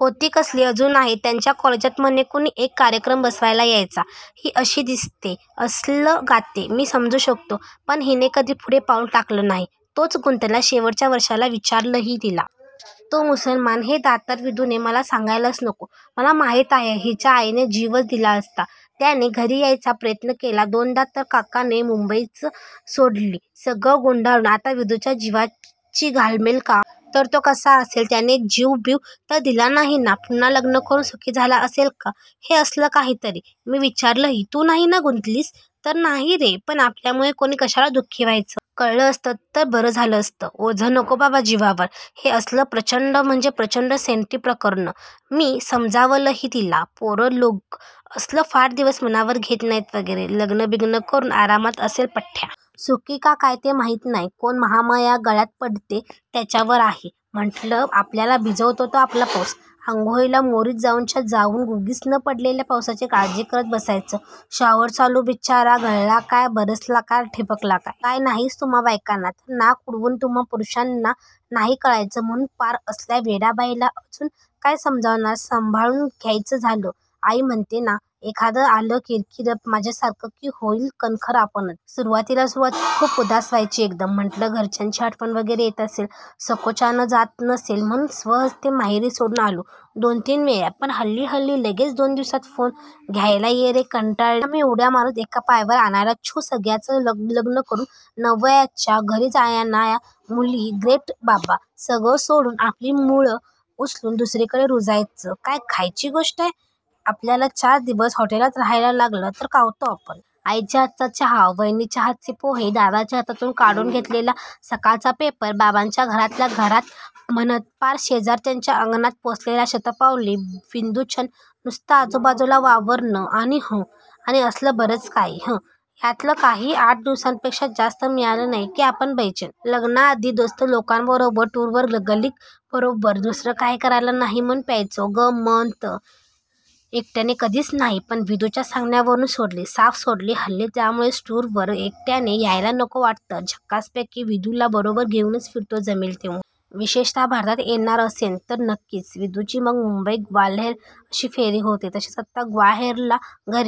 होती कसली, अजून आहे. त्यांच्या कॉलेजात म्हणे कुणी एक कार्यक्रम बसवायला यायचा. ही अशी दिसते, असलं गाते, मी समजू शकतो. पण हिने कधी पुढे पाऊल टाकलं नाही, तोच गुंतला. शेवटच्या वर्षाला विचारलंही तिला. तो मुसलमान, हे दातार. विदूने मला सांगायलाच नको, मला माहीत आहे, हिच्या आईने जीवच दिला असता. त्याने घरी यायचा प्रयत्न केला दोनदा तर काकांनी मुंबईच सोडली सगळं गुंडाळून. आता विदूच्या जीवाची घालमेल का? तर, तो कसा असेल? त्याने जीव-बीव तर दिला नाही ना? पुन्हा लग्न करून सुखी झाला असेल का? हे असलं काही तरी. मी विचारलंही तू नाही ना गुंतलीस? तर, 'नाही रे. पण आपल्यामुळे कोणी कशाला दु:खी व्हायचं? कळलं असतं तर बरं झालं असतं. ओझं नको बाबा जीवावर! ' हे असलं! प्रच्चंड म्हणजे प्रच्चंड सेंटी प्रकर्णं! मी समजावलंही तिला. पोरं लोक असलं फार दिवस मनावर घेत नाहीत वगैरे. लग्नं बिग्नं करून आरामात असेल पठ्ठ्या. सुखी का काय ते माहीत नाही. कोण महामाया गळ्यात पडते त्याच्यावर आहे. म्हटलं, आपल्याला भिजवतो तो आपला पाऊस. आंघोळीला मोरीत जाऊनच्या जाऊन उगीच न पडलेल्या पावसाची काळजी करत बसायचं. शॉवर चालू बिच्चारा, गळला काय, बरसला काय, ठिबकला काय? काय नाहीच तुम्हा बायकांना. तर नाक उडवून "तुम्हा पुरुषांना नाही कळायचं" म्हणून पार! असल्या वेडाबाईला अजून काय समजावणार? संभाळून घ्यायचं झालं. आई म्हणते ना, एखादं आलं किरकिरं माझ्या सारखं की होईल कणखर आपणंच. सुरुवातीला सुरुवातीला खूप उदास व्हायची एकदम. म्हटलं, घरच्यांची आठवण वगैरे येत असेल, सकोचानं जात नसेल म्हणून स्वहस्ते माहेरी सोडून आलो दोन-तीन वेळा. पण हल्ली हल्ली लग्गेच दोन दिवसात फोन! "घायला ये रे, कंटाळले". की आम्ही उड्या मारत एका पायावर आणायला छू सगळ्याच लग्नं करून नवयाच्या घरी जाणाया मुली ग्रेट बाबा. सगळं सोडून आपली मुळं उचलून दुसरीकडे रुजायचं. काय खायची गोष्टंय? आपल्याला चार दिवस हॉटेलात रहायला लागलं तर कावतो आपण. आईच्या हातचा चहा, वहिनीच्य हातचे पोहे, दादाच्या हातातून काढून घेतलेला सकाळचा पेपर, बाबांच्या घरातल्या घरात म्हणत पार शेजारच्यांच्या अंगणात पोचलेल्या शतपावली, विदूचंन नुसतं आजूबाजूला वावरणं आणि हं! आणि असलं बरंच काही. हॅ. यातलं काहीही आठ दिवसांपेक्षा जास्त मिळालं नाही की आपण बेचैन. लग्नाआधी दोस्त लोकांबरोबर, टुरवर कलीग बरोबर, दुसरं काही करायला नाही म्हणुन प्यायचो, गं म्म त! एकट्याने कधीच नाही. पण विदूच्या सांगण्यावरून सोडली. साफ सोडली. हल्ली त्यामुळेच टूरवर एकट्याने यायला नको वाटतं झक्कासपैकी विदूला बरोबर घेऊनच फिरतो जमेल तेव्हा. विशेषत: भारतात येणार असेन तर नक्कीच. विदुची मग मुंबई, ग्वाल्हेर अशी फेरी होते. तशीच आता ग्वाल्हेरला घरी--